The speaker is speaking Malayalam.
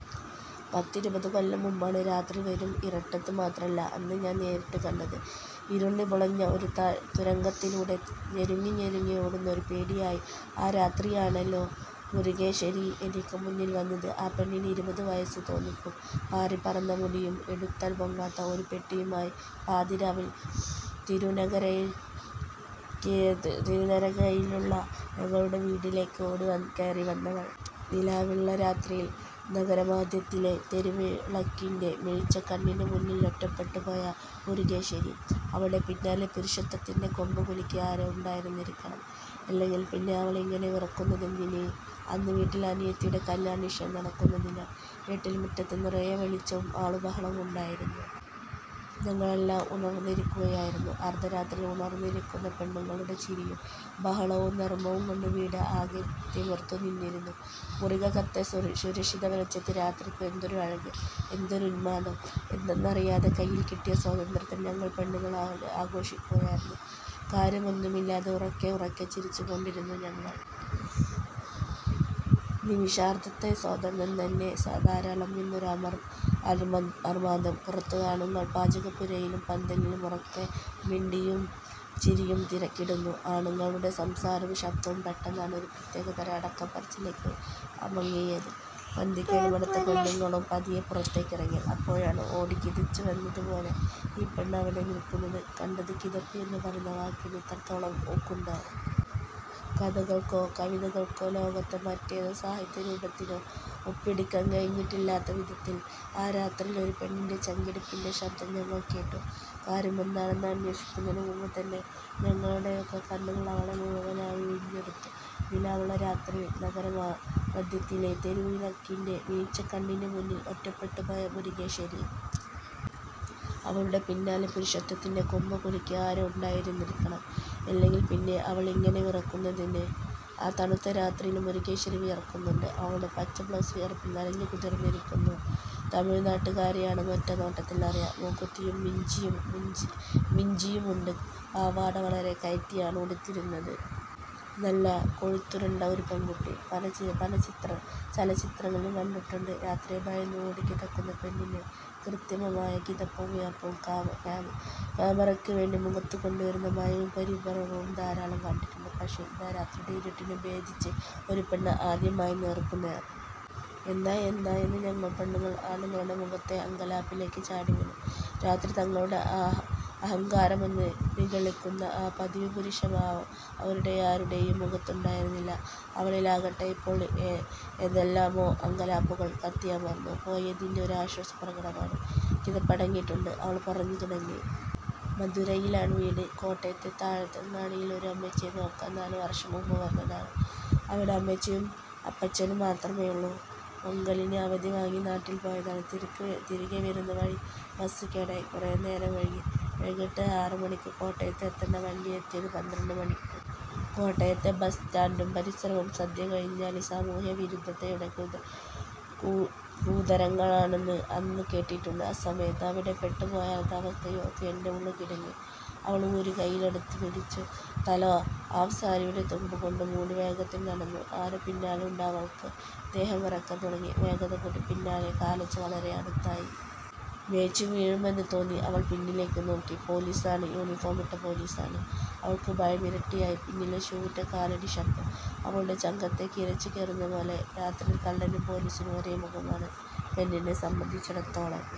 പത്തിരുപതുകൊല്ലം മുമ്പാണ് രാത്രി വെറും ഇരുട്ട് മാത്രമല്ല അന്ന് ഞാൻ നേരിട്ട് കണ്ടത്. ഇരുണ്ടു പുളഞ്ഞ ഒരു തുരങ്കത്തിലൂടെ ഞെരുങ്ങി ഞെരുങ്ങി ഓടുന്ന ഒരു പേടിയായി ആ രാത്രിയിലാണല്ലോ മുരുകേശ്വരി എനിക്ക് മുന്നിൽ വന്നത് ആ പെണ്ണിന് ഇരുപതു വയസ്സ് തോന്നിക്കും. പാറിപ്പറന്ന മുടിയും എടുത്താൽ പൊങ്ങാത്ത ഒരു പെട്ടിയുമായി പാതിരാവിൽ തിരുനക്കരയിലുള്ള ഞങ്ങളുടെ വീട്ടിലേക്കു ഓടിക്കയറി വന്നവൾ. നിലാവുള്ള രാത്രിയിൽ നഗരമധ്യത്തിലെ തെരുവുവിളക്കിന്റെ മിഴിച്ച കണ്ണിനു മുന്നിൽ ഒറ്റപ്പെട്ടു പോയ മുരുകേശ്വരി. അവളുടെ പിന്നാലെ പുരുഷത്വത്തിന്റെ കൊമ്പ് കുലുക്കി ആരോ ഉണ്ടായിരുന്നിരിക്കണം. അല്ലെങ്കിൽ പിന്നെ അവൾ ഇങ്ങനെ വിറക്കുന്നതെന്തിന്? അന്ന് വീട്ടില് അനിയത്തിയുടെ കല്യാണനിശ്ചയം നടക്കുന്നതിനാൽ വീട്ടിൽ മുറ്റത്ത് നിറയെ വെളിച്ചവും ആൾ ബഹളവും ഉണ്ടായിരുന്നു. ഞങ്ങൾ എല്ലാം ഉണർന്നിരിക്കുകയായിരുന്നു. അർദ്ധരാത്രിയിൽ ഉണർന്നിരിക്കുന്ന പെണ്ണുങ്ങളുടെ ചിരിയും ബഹളവും നർമ്മവും കൊണ്ട് വീട് ആകെ തിമിർത്തു നിന്നിരുന്നു. മുറിക്കകത്തെ സുരക്ഷിതവെളിച്ചത്തിൽ രാത്രിക്ക് എന്തൊരു അഴക്!! എന്തൊരു ഉന്മാദം!! എന്തിനെന്നറിയാതെ കയ്യിൽ കിട്ടിയ സ്വാതന്ത്ര്യത്തെ ഞങ്ങൾ പെണ്ണുങ്ങൾ ആഘോഷിക്കുകയായിരുന്നു. കാര്യമൊന്നുമില്ലാതെ ഉറക്കെയുറക്കെ ചിരിച്ചു കൊണ്ടിരുന്നു ഞങ്ങള്. നിമിഷാർദ്ധത്തെ സ്വാതന്ത്ര്യം തന്നെ ധാരാളം എന്നൊരു അർമാദം. പുറത്തു ആണുങ്ങൾ പാചകപ്പുരയിലും പന്തലിലും ഉറക്കെ മിണ്ടിയും ചിരിച്ചും തിരക്കിടുന്നു. ആണുങ്ങളുടെ സംസാരവും ശബ്ദവും പെട്ടെന്നാണ് ഒരു പ്രത്യേക തരം അടക്കം പറച്ചിലിലേക്ക് അമങ്ങിയത്. പന്തികേട് മണത്ത പെണ്ണുങ്ങളും പതിയെ പുറത്തേക്കിറങ്ങി. അപ്പോഴാണ് ഓടിക്കിതച്ചുവന്നത് പോലെ ഈ പെണ്ണ് അവിടെ നിൽക്കുന്നത് കണ്ടത് കിതപ്പ് എന്ന് പറയുന്ന വാക്കിനു ഇത്രത്തോളം ഊക്കുണ്ടോ? കഥകൾക്കോ കവിതകൾക്കോ ലോകത്തെ മറ്റേതൊരു സാഹിത്യരൂപത്തിനോ ഒപ്പിയെടുക്കാൻ കഴിഞ്ഞിട്ടില്ലാത്ത വിധത്തിൽ ആ രാത്രിയിൽ ഒരു പെണ്ണിന്റെ ചങ്കിടിപ്പിന്റെ ശബ്ദം ഞങ്ങൾ കേട്ടു കാര്യം എന്താണെന്ന് അന്വേഷിക്കുന്നതിനു മുമ്പ് തന്നെ ഞങ്ങളുടെയൊക്കെ കണ്ണുകൾ അവളെ മുഴുവനായി ഉഴിഞ്ഞെടുത്തു. നിലാവുള്ള രാത്രിയിൽ നഗരമധ്യത്തിലെ തെരുവുവിളക്കിന്റെ മിഴിച്ച കണ്ണിനു മുന്നിൽ ഒറ്റപ്പെട്ടു പോയ മുരുകേശ്വരി. അവളുടെ പിന്നാലെ പുരുഷത്വത്തിന്റെ കൊമ്പ് കുലുക്കി ആരോ ഉണ്ടായിരുന്നിരിക്കണം. അല്ലെങ്കിൽ പിന്നെ അവൾ ഇങ്ങനെ വിറക്കുന്നതെന്തിന്? ആ തണുത്ത രാത്രിയിലും മുരുകേശ്വരി വിയർക്കുന്നുണ്ട്. അവളുടെ പച്ച ബ്ലൗസ് വിയർപ്പിൽ നനഞ്ഞു കുതിർന്നിരുന്നു. തമിഴ് നാട്ടുകാരിയാണെന്നു ഒറ്റ നോട്ടത്തിൽ അറിയാം. മൂക്കുത്തിയും മിഞ്ചിയുമുണ്ട്. പാവാട വളരെ കയറ്റിയാണ് ഉടുത്തിരുന്നത്. നല്ല കൊഴുത്തുരുണ്ട ഒരു പെൺകുട്ടി. പല ചലച്ചിത്രങ്ങളിലും കണ്ടിട്ടുണ്ട് രാത്രിയെ ഭയന്ന് ഓടിക്കിതക്കുന്ന പെണ്ണിനെ കൃത്രിമമായ കിതപ്പും വിയർപ്പും കാമറക്ക് വേണ്ടി മുഖത്ത് കൊണ്ടുവരുന്ന ഭയവും പരിഭ്രമവും ധാരാളം കണ്ടിട്ടുണ്ട് പക്ഷെ, ഇതാ രാത്രിയുടെ ഇരുട്ടിനെ ഭേദിച്ച് ഒരു പെണ്ണ് ആദ്യമായി നേർക്കുനേർ. ' എന്താ എന്താ ' എന്ന് ഞങ്ങൾ പെണ്ണുങ്ങൾ, ആണുങ്ങളുടെ മുഖത്തെ അങ്കലാപ്പിലേക്ക് ചാടിവീണു. രാത്രി തങ്ങളുടെ അഹങ്കാരമെന്നു നിഗളിക്കുന്ന ആ പതിവുപുരുഷഭാവം അവരുടെയാരുടെയും മുഖത്തുണ്ടായിരുന്നില്ല. അവളിലാകട്ടെ ഇപ്പോൾ ഏതെല്ലാമോ അങ്കലാപ്പുകൾ കത്തിയമർന്നു പോയതിന്റെ ഒരു ആശ്വാസം പ്രകടമാണ്. കിതപ്പടങ്ങിയിട്ടുണ്ട്. അവൾ പറഞ്ഞു തുടങ്ങി. ' മധുരയിലാണ് വീട്. കോട്ടയത്ത് താഴത്തങ്ങാടിയിൽ ഒരു അമ്മച്ചിയെ നോക്കാൻ നാല് വർഷം മുമ്പ് വന്നതാണ്. അവിടെ അമ്മച്ചിയും അപ്പച്ചനും മാത്രമേയുള്ളൂ. പൊങ്കലിന് അവധി വാങ്ങി നാട്ടിൽ പോയതാണ്. തിരിയെ വരുന്നത് വഴി ബസ് കേടായി കുറെ നേരംവൈകി. വൈകിട്ട് ആറുമണിക്ക് കോട്ടയത്ത് എത്തേണ്ട വണ്ടി എത്തിയതു പന്ത്രണ്ട് മണിക്ക് '. കോട്ടയത്തെ ബസ്സ് സ്റ്റാൻഡും പരിസരവും സന്ധ്യ കഴിഞ്ഞാൽ സാമൂഹ്യവിരുദ്ധതയുടെ കൂത്തരങ്ങാണെന്ന് അന്നും കേട്ടിട്ടുണ്ട്. അസമയത്ത് അവിടെ പെട്ട് പോയാലത്തെ അവസ്ഥയോർത്തു എന്റെ ഉള്ള് കിടുങ്ങി. അവൾ ഊര് കയ്യിലെടുത്തുപിടിച്ച് തല ഹാഫ്സാരിയുടെ തുമ്പു കൊണ്ട് മൂടി വേഗത്തിൽ നടന്നു. ആരോ പിന്നാലെ ഉണ്ട് അവൾക്കു ദേഹം വിറക്കാൻ തുടങ്ങി വേഗത കൂട്ടി പിന്നിലെ കാലൊച്ച വളരെ അടുത്തായി. വേച്ച് വീഴുമെന്നു തോന്നി അവൾ പിന്നിലേക്ക് നോക്കി. പോലീസാണ് യൂണിഫോമിട്ട പോലീസാണ്. അവൾക്കു ഭയമിരട്ടിയായി. പിന്നിലെ ഷൂവിട്ട കാലടിശബ്ദം അവളുടെ ചങ്കത്തേക്ക് ഇരച്ചു കയറുന്നത് പോലെ രാത്രിയിൽ കള്ളനും പോലീസിനും ഒരേ മുഖമാണ് പെണ്ണിനെ സംബന്ധിച്ചിടത്തോളം.